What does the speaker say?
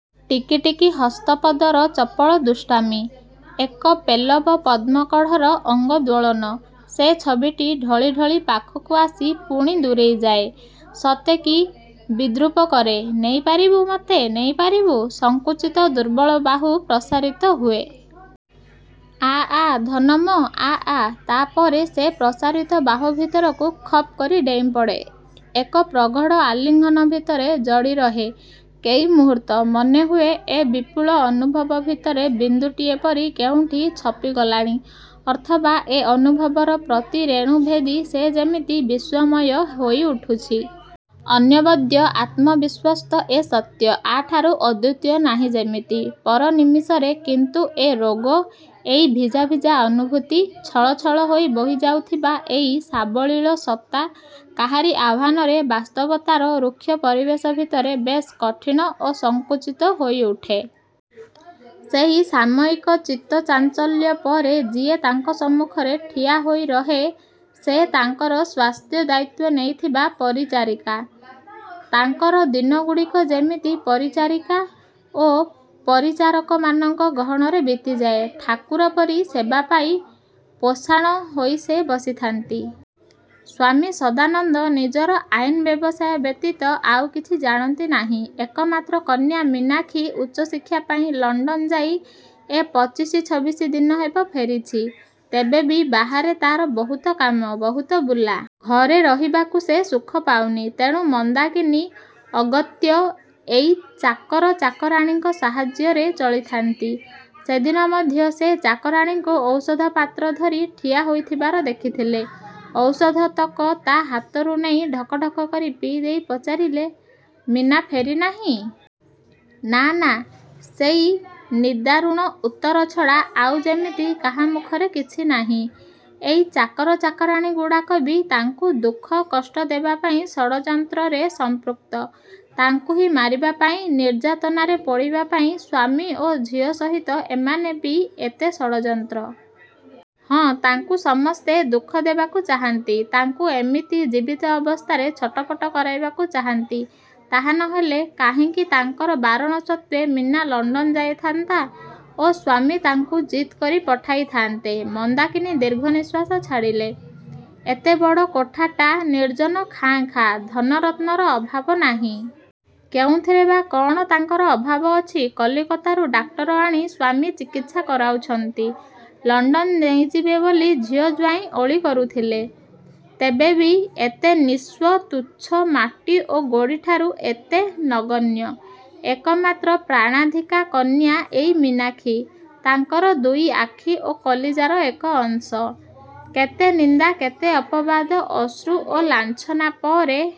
ଟିକି ଟିକି ହସ୍ତପଦର ଚପଳ ଦୁଷ୍ଟାମୀ । ଏକ ପେଲବ ପଦ୍ମ କଢ଼ର ଅଙ୍ଗ ଦୋଳନ। ସେ ଛବିଟି ଢଳି ଢଳି ପାଖକୁ ଆସି ପୁଣି ଦୂରେଇ ଯାଏ । ସତେ କି ବିଦ୍ରୁପ କରେ, ନେଇ ପାରିବୁ? ମତେ ନେଇ ପାରିବୁ? ସଂକୁଚିତ ଦୁର୍ବଳ ବାହୁ ପ୍ରସାରିତ ହୁଏ। ଆ ଆ ଧନ ମୋ ଆ ଆ । ତାପରେ ସେ ପ୍ରସାରିତ ବାହୁ ଭିତରକୁ ଖପ୍ କରି ଡେଇଁପଡ଼େ। ଏକ ପ୍ରଗଢ଼ ଆଲିଙ୍ଗନ ଭିତରେ ଜଡ଼ି ରହେ କେଇ ମୁହୂର୍ତ୍ତ। ମନେହୁଏ ଏ ବିପୁଳ ଅନୁଭବ ଭିତରେ ବିନ୍ଦୁଟିଏ ପରି କେଉଁଠି ଛପି ଗଲାଣି ଅଥବା ଏ ଅନୁଭବର ପ୍ରତି ରେଣୁ ଭେଦି ସେ ଯେମିତି ବିଶ୍ଵମୟ ହୋଇ ଉଠିଛି। ଅନ୍ୟବଦ୍ୟ, ଆତ୍ମବିସ୍ଵସ୍ତ ଏ ସତ୍ୟ । ୟା ଠାରୁ ଅଦୁତୀୟ ନାହିଁ ଯେମିତି । ପର ନିମିଷରେ କିନ୍ତୁ ଏ ରୋଗ, ଏଇ ଭିଜା ଭିଜା ଅନୁଭୂତି। ଛଳ ଛଳ ହୋଇ ବହିଯାଉଥିବା ଏଇ ସାବଲୀଳ ସତ୍ତା କାହାର ଆହ୍ଵାନରେ ବାସ୍ତବତାର ରୁକ୍ଷ ପରିବେଶ ଭିତରେ ବେଶ୍ କଠିନ ଓ ସଙ୍କୁଚିତ ହୋଇ ଉଠେ। ସେହି ସାମୟିକ ଚିତ୍ତ ଚାଞ୍ଚଲ୍ୟ ପରେ ଯିଏ ତାଙ୍କ ସମ୍ମୁଖରେ ଠିଆ ହୋଇ ରହେ ସେ ତାଙ୍କର ସ୍ୱାସ୍ଥ୍ୟ ଦାୟିତ୍ଵ ନେଇଥିବା ପରିଚାରିକା । ତାଙ୍କର ଦିନଗୁଡ଼ିକ ଯେମିତି ପରିଚାରିକା ଓ ପାରିଚାରକ ମାନଙ୍କ ଗହଣରେ ବିତିଥାଏ। ଠାକୁର ପରି ସେବା ପାଇ ପାଷାଣ ହୋଇ ସେ ବସିଥାନ୍ତି । ସ୍ୱାମୀ ସଦାନନ୍ଦ ନିଜର ଆଇନ ବ୍ୟବସାୟ ବ୍ୟତୀତ ଆଉ କିଛି ଜାଣନ୍ତି ନାହିଁ। ଏକମାତ୍ର କନ୍ୟା ମୀନାକ୍ଷୀ ଉଚ୍ଚ ଶିକ୍ଷାପାଇଁ ଲଣ୍ଡନ ଯାଇ ଏ ପିଚିଶ ଛବିଶ ଦିନ ହେବ ଫେରିଚି । ତେବେ ବି ବାହାରେ ତାର ବହୁତ କାମ, ବହୁତ ବୁଲା । ଘରେ ରହିବାକୁ ସେ ସୁଖ ପାଉନି, ତେଣୁ ମନ୍ଦାକିନୀ ଅଗତ୍ୟ ଏଇ ଚାକର, ଚାକରାଣୀଙ୍କ ସାହାଯ୍ୟରେ ଚଳିଥାନ୍ତି। ସେ ଦିନ ମଧ୍ୟ ସେ ଚାକରାଣୀକୁ ଔଷଧ ପାତ୍ର ଧରି ଠିଆ ହୋଇଥିବାର ଦେଖିଲେ। ଔଷଧତକ ତା ହାତରୁ ନେଇ ଢକଢ଼କ କରି ପିଇ ଦେଇ ପଚାରିଲେ, ମୀନା ଫେରି ନାହିଁ? ନାଁ ନାଁ ସେଇ ନିଦାରୁଣ ଉତ୍ତର ଛଡ଼ା ଆଉ ଯେମିତି କାହା ମୁହଁରେ କିଛି ନାହିଁ। ଏଇ ଚାକର, ଚାକରାଣୀଗୁଡ଼ାକ ବି ତାଙ୍କୁ ଦୁଃଖ, କଷ୍ଟ ଦେବାପାଇଁ ଷଡ଼ଯନ୍ତ୍ର ରେ ସଂପୃକ୍ତ। ତାଙ୍କୁ ହିଁ ମାରିବାପାଇଁ, ନିର୍ଜତନା ରେ ପୋଡ଼ିବାପାଇଁ ସ୍ୱାମୀ ଓ ଝିଅ ସହିତ ଏମାନଙ୍କର ବି ଏତେ ଷଡ଼ଯନ୍ତ୍ର । ହଁ ତାଙ୍କୁ ସମସ୍ତେ ଦୁଃଖ ଦେବାକୁ ଚାହାନ୍ତି, ତାଙ୍କୁ ଏମିତି ଜୀବିତ ଅବସ୍ଥାରେ ଛଟପଟ କରାଇବାକୁ ଚାହାନ୍ତି ତା ନହେଲେ କାହିଁକି ତାଙ୍କର ବାରଣସତ୍ତ୍ୱେ ମୀନା ଲଣ୍ଡନ ଯାଇଥାନ୍ତା ଓ ସ୍ୱାମୀ ତାକୁ ଜିଦ୍ କରି ପଠାଇଥାନ୍ତେ? ମନ୍ଦାକିନୀ ଦୀର୍ଘଶ୍ଵାସ ଛାଡ଼ିଲେ । ଏତେ ବଡ଼ କୋଠାଟା ନିର୍ଜନ ଖାଁ ଖାଁ, ଧନରତ୍ନର ଅଭାବ ନାହିଁ। କେଉଁଥିରେ ବା କଣ ତାଙ୍କର ଅଭାବ ଅଛି । କଲିକତାରୁ ଡାକ୍ତର ଆଣି ସ୍ୱାମୀ ଚିକିତ୍ସା କରାଉଛନ୍ତି। ଲଣ୍ଡନ ନେଇଯିବେ ବୋଲି ଝିଅ, ଜ୍ଵାଇଁ ଅଳି କରିଥିଲେ। ତେବେ ବି ଏତେ ନିଃସ୍ୱ, ତୁଚ୍ଛ ମାଟି ଓ ଗୋଡ଼ିଠାରୁ ଏତେ ନଗଣ୍ୟ । ଏକମାତ୍ର ପ୍ରାଣାଧିକା କନ୍ୟା ଏଇ ମୀନାକ୍ଷୀ, ତାଙ୍କର ଦୁଇଟି ଆଖି ଓ କଲିଜାର ଏକ ଅଂଶ। କେତେ ନିନ୍ଦା କେତେ ଅପବାଦ, ଅଶ୍ରୁ ଓ ଲାଞ୍ଛନା ପରେ